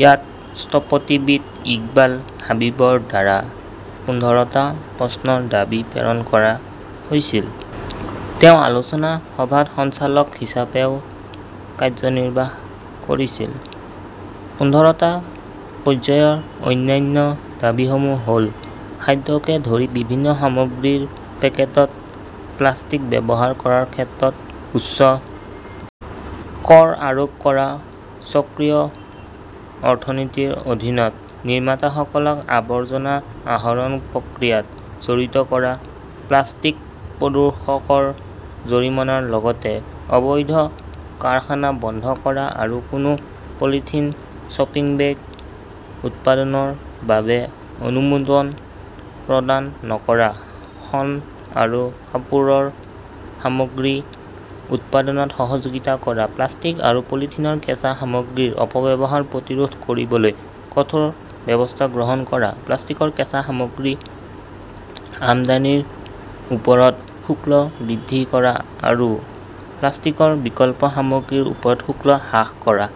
ইয়াত স্থপতিবিদ ইকবাল হাবিবৰ দ্বাৰা পোন্ধৰটা প্ৰশ্নৰ দাবী প্ৰেৰণ কৰা হৈছিল। তেওঁ আলোচনা সভাত সঞ্চালক হিচাপেও কাৰ্যনিৰ্বাহ কৰিছিল। পোন্ধৰটা পৰ্যায়ৰ অন্যান্য দাবীসমূহ হ'ল খাদ্যকে ধৰি বিভিন্ন সামগ্ৰীৰ পেকেটত প্লাষ্টিক ব্যৱহাৰ কৰাৰ ক্ষেত্ৰত উচ্চ কৰ আৰোপ কৰা, চক্ৰীয় অৰ্থনীতিৰ অধীনত নিৰ্মাতাসকলক আৱৰ্জনা আহৰণ প্ৰক্ৰিয়াত জড়িত কৰা, প্লাষ্টিক প্ৰদূষকৰ জৰিমনাৰ লগতে অবৈধ কাৰখানা বন্ধ কৰা আৰু কোনো পলিথিন শ্বপিং বেগ উৎপাদনৰ বাবে অনুমোদন প্ৰদান নকৰা, শণ আৰু কাপোৰৰ সামগ্ৰী উৎপাদনত সহযোগিতা কৰা, প্লাষ্টিক আৰু পলিথিনৰ কেঁচা সামগ্ৰীৰ অপব্যৱহাৰ প্ৰতিৰোধ কৰিবলৈ কঠোৰ ব্যৱস্থা গ্ৰহণ কৰা, প্লাষ্টিকৰ কেঁচা সামগ্ৰী আমদানিৰ ওপৰত শুল্ক বৃদ্ধি কৰা আৰু প্লাষ্টিকৰ বিকল্প সামগ্ৰীৰ ওপৰত শুল্ক হ্ৰাস কৰা।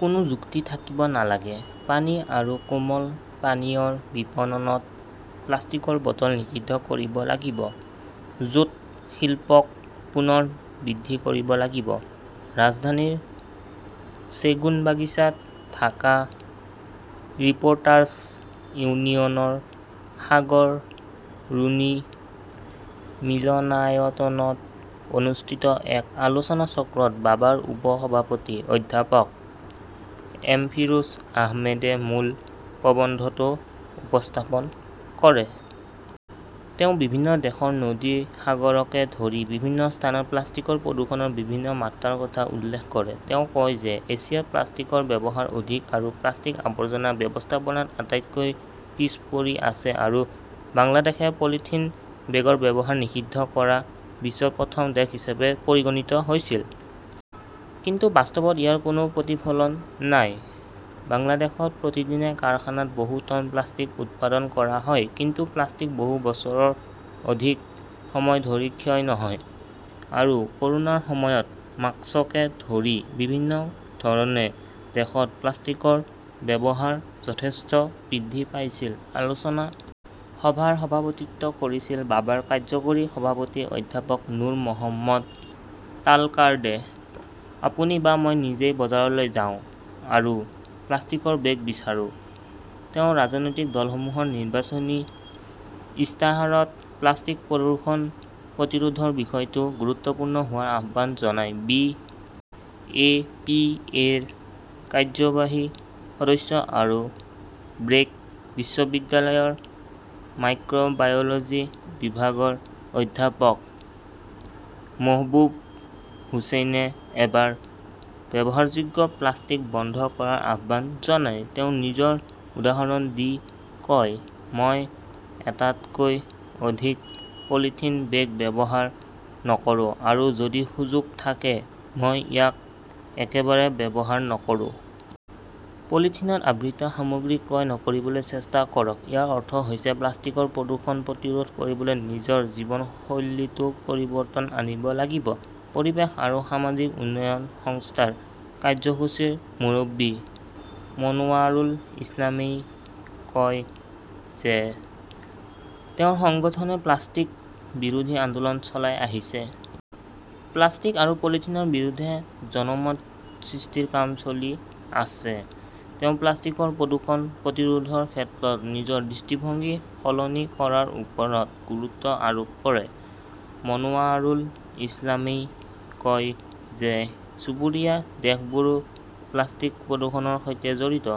কোনো যুক্তি থাকিব নালাগে। পানী আৰু কোমল পানীয়ৰ বিপণনত প্লাষ্টিকৰ বটল নিষিদ্ধ কৰিব লাগিব। জুট শিল্পক পুনৰ বৃদ্ধি কৰিব লাগিব। ৰাজধানীৰ ছেগুনবাগিচাত ঢাকা ৰিপ'ৰ্টাৰ্ছ ইউনিটিৰ সাগৰ ৰুনী মিলনায়তনত অনুষ্ঠিত এক আলোচনাচক্ৰত বাবাৰ উপ সভাপতি অধ্যাপক এম ফিৰোজ আহমেদে মূল প্ৰবন্ধটো উপস্থাপন কৰে। তেওঁ বিভিন্ন দেশৰ নদী, সাগৰকে ধৰি বিভিন্ন স্থানত প্লাষ্টিকৰ প্ৰদূষণৰ বিভিন্ন মাত্ৰাৰ কথা উল্লেখ কৰে। তেওঁ কয় যে এছিয়াত প্লাষ্টিকৰ ব্যৱহাৰ অধিক আৰু প্লাষ্টিক আৱৰ্জনা ব্যৱস্থাপনাত আটাইতকৈ পিছ পৰি আছে আৰু বাংলাদেশে পলিথিন বেগৰ ব্যৱহাৰ নিষিদ্ধ কৰা বিশ্বৰ প্ৰথম দেশ হিচাপে পৰিগণিত হৈছিল। কিন্তু বাস্তৱত ইয়াৰ কোনো প্ৰতিফলন নাই। বাংলাদেশত প্ৰতিদিনে কাৰখানাত বহু টন প্লাষ্টিক উৎপাদন কৰা হয়। কিন্তু প্লাষ্টিক বহু বছৰৰ অধিক সময় ধৰি ক্ষয় নহয়। আৰু ক'ৰোনাৰ সময়ত মাস্ককে ধৰি বিভিন্ন ধৰণে দেশত প্লাষ্টিকৰ ব্যৱহাৰ যথেষ্ট বৃদ্ধি পাইছিল। আলোচনা সভাৰ সভাপতিত্ব কৰিছিল বাবাৰ কাৰ্যকৰী সভাপতি অধ্যাপক নুৰ মহম্মদ তালকাৰ্ডে। আপুনি বা মই নিজেই বজাৰলৈ যাওঁ আৰু প্লাষ্টিকৰ বেগ বিচাৰোঁ। তেওঁ ৰাজনৈতিক দলসমূহৰ নিৰ্বাচনী ইস্তাহাৰত প্লাষ্টিক প্ৰদূষণ প্ৰতিৰোধৰ বিষয়টো গুৰুত্বপূৰ্ণ হোৱাৰ আহ্বান জনায়। বি এ পি এৰ কাৰ্যবাহী সদস্য আৰু ব্ৰেক বিশ্ববিদ্যালয়ৰ মাইক্ৰ'বায়'লজী বিভাগৰ অধ্যাপক মহবূব হুচেইনে এবাৰ ব্যৱহাৰযোগ্য প্লাষ্টিক বন্ধ কৰাৰ আহ্বান জনায়। তেওঁ নিজৰ উদাহৰণ দি কয়, "মই এটাতকৈ অধিক পলিথিন বেগ ব্যৱহাৰ নকৰো আৰু যদি সুযোগ থাকে, মই ইয়াক একেবাৰে ব্যৱহাৰ নকৰো।" পলিথিনত আবৃত সামগ্ৰী ক্ৰয় নকৰিবলৈ চেষ্টা কৰক। ইয়াৰ অৰ্থ হৈছে প্লাষ্টিকৰ প্ৰদূষণ প্ৰতিৰোধ কৰিবলৈ নিজৰ জীৱনশৈলীতো পৰিৱৰ্তন আনিব লাগিব। পৰিৱেশ আৰু সামাজিক উন্নয়ন সংস্থাৰ কাৰ্যসূচীৰ মুৰব্বী মনোৱাৰুল ইছলামই কয় যে তেওঁৰ সংগঠনে প্লাষ্টিক বিৰোধী আন্দোলন চলাই আহিছে। প্লাষ্টিক আৰু পলিথিনৰ বিৰুদ্ধে জনমত সৃষ্টিৰ কাম চলি আছে। তেওঁ প্লাষ্টিকৰ প্ৰদূষণ প্ৰতিৰোধৰ ক্ষেত্ৰত নিজৰ দৃষ্টিভংগী সলনি কৰাৰ ওপৰত গুৰুত্ব আৰোপ কৰে। মনোৱাৰুল ইছলামই কয় যে চুবুৰীয়া দেশবোৰো প্লাষ্টিক প্ৰদূষণৰ সৈতে জড়িত।